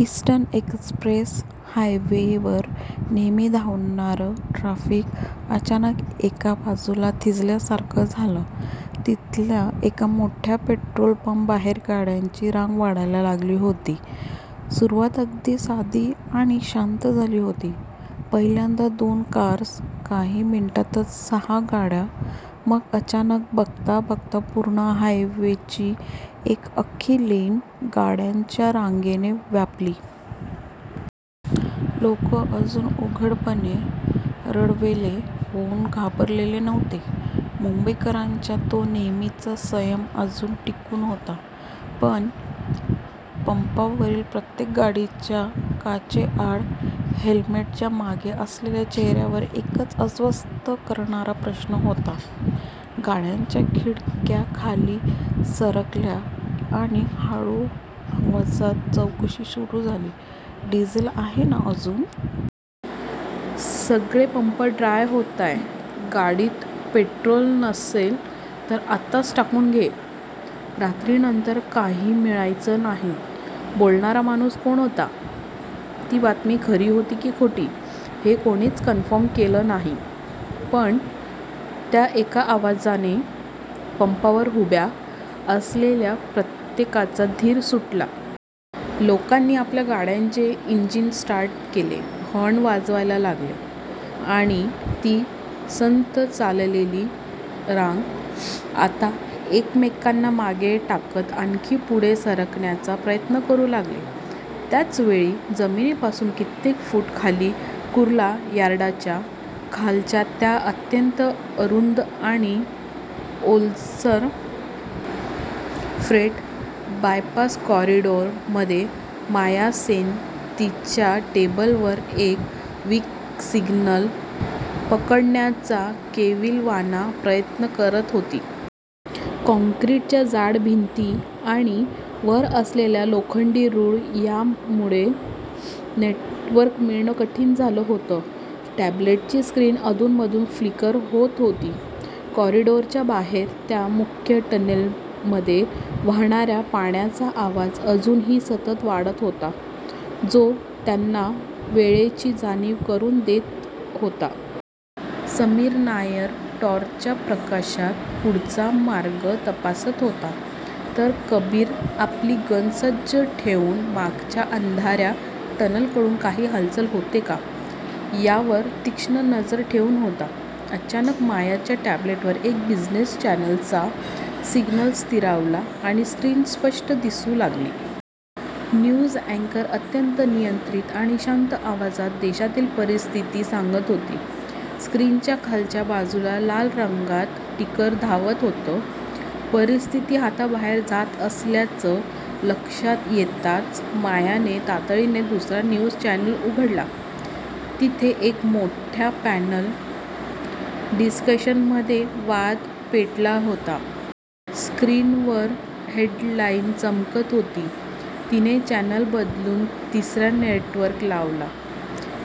Eastern Express हायवेवर नेहमी धावणारं ट्रॅफिक अचानक एका बाजूला थिजल्यासारखं झालं. तिथल्या एका मोठ्या पेट्रोल पंपाबाहेर गाड्यांची रांग वाढायला लागली होती. सुरुवात अगदी साधी आणि शांत झाली होती. पहिल्यांदा दोन कार्स काही मिनिटांतच सहा गाड्या आणि मग अचानक, बघता बघता पूर्ण हायवेची एक अख्खी लेन गाड्यांच्या रांगेने व्यापली. लोक अजून उघडपणे, रडवेले होऊन घाबरलेले नव्हते. मुंबईकरांचा तो नेहमीचा संयम अजून टिकून होता, पण पंपावरील प्रत्येक गाडीच्या काचेआड, हेल्मेटच्या मागे असलेल्या चेहऱ्यावर एकच अस्वस्थ करणारा प्रश्न होता. गाड्यांच्या खिडक्या खाली सरकल्या आणि हळू आवाजात चौकशी सुरू झाली, "डिझेल आहे ना अजून? सगळे पंप ड्राय होतायत. गाडीत पेट्रोल नसेल तर आत्ताच टाकून घे, रात्रीनंतर काही मिळायचं नाही. " बोलणारा माणूस कोण होता? ती बातमी खरी होती की खोटी? हे कोणीच कन्फर्म केलं नाही. पण त्या एका आवाजाने पंपावर उभ्या असलेल्या प्रत्येकाचा धीर सुटला. लोकांनी आपल्या गाड्यांचे इंजिन स्टार्ट केले, हॉर्न वाजायला लागले आणि ती संथ चाललेली रांग आता एकमेकांना मागे टाकत आणखी पुढे सरकण्याचा प्रयत्न करू लागली. त्याच वेळी, जमिनीपासून कित्येक फूट खाली कुर्ला यार्डाच्या खालच्या त्या अत्यंत अरुंद आणि ओलसर 'फ्रेट बायपास कॉरिडॉर'मध्ये माया सेन तिच्या टॅब्लेटवर एक वीक सिग्नल पकडण्याचा केविलवाणा प्रयत्न करत होती. काँक्रीटच्या जाड भिंती आणि वर असलेले लोखंडी रूळ यांमुळे नेटवर्क मिळणं कठीण झालं होतं. टॅब्लेटची स्क्रीन अधूनमधून फ्लिकर होत होती. कॉरिडॉरच्या बाहेर, त्या मुख्य टनेलमध्ये वाहणाऱ्या पाण्याचा आवाज अजूनही सतत वाढत होता, जो त्यांना वेळेची जाणीव करून देत होता. समीर नायर टॉर्चच्या प्रकाशात पुढचा मार्ग तपासत होता, तर कबीर आपली गन सज्ज ठेवून मागच्या अंधाऱ्या टनेलकडून काही हालचाल होते का, यावर तीक्ष्ण नजर ठेवून होता. अचानक, मायाच्या टॅब्लेटवर एका बिझनेस चॅनेलचा सिग्नल स्थिरावला आणि स्क्रीन स्पष्ट दिसू लागली. न्यूज अँकर अत्यंत नियंत्रित आणि शांत आवाजात देशातील परिस्थिती सांगत होता, स्क्रीनच्या खालच्या बाजूला लाल रंगात टिकर धावत होता. परिस्थिती हाताबाहेर जात असल्याचं लक्षात येताच मायाने तातडीने दुसरा न्यूज चॅनेल उघडला. तिथे एका मोठ्या पॅनल डिस्कशनमध्ये वाद पेटला होता. स्क्रीनवर हेडलाईन चमकत होती. तिने चॅनेल बदलून तिसरं नेटवर्क लावलं.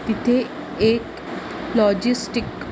तिथे एक लॉजिस्टिक्स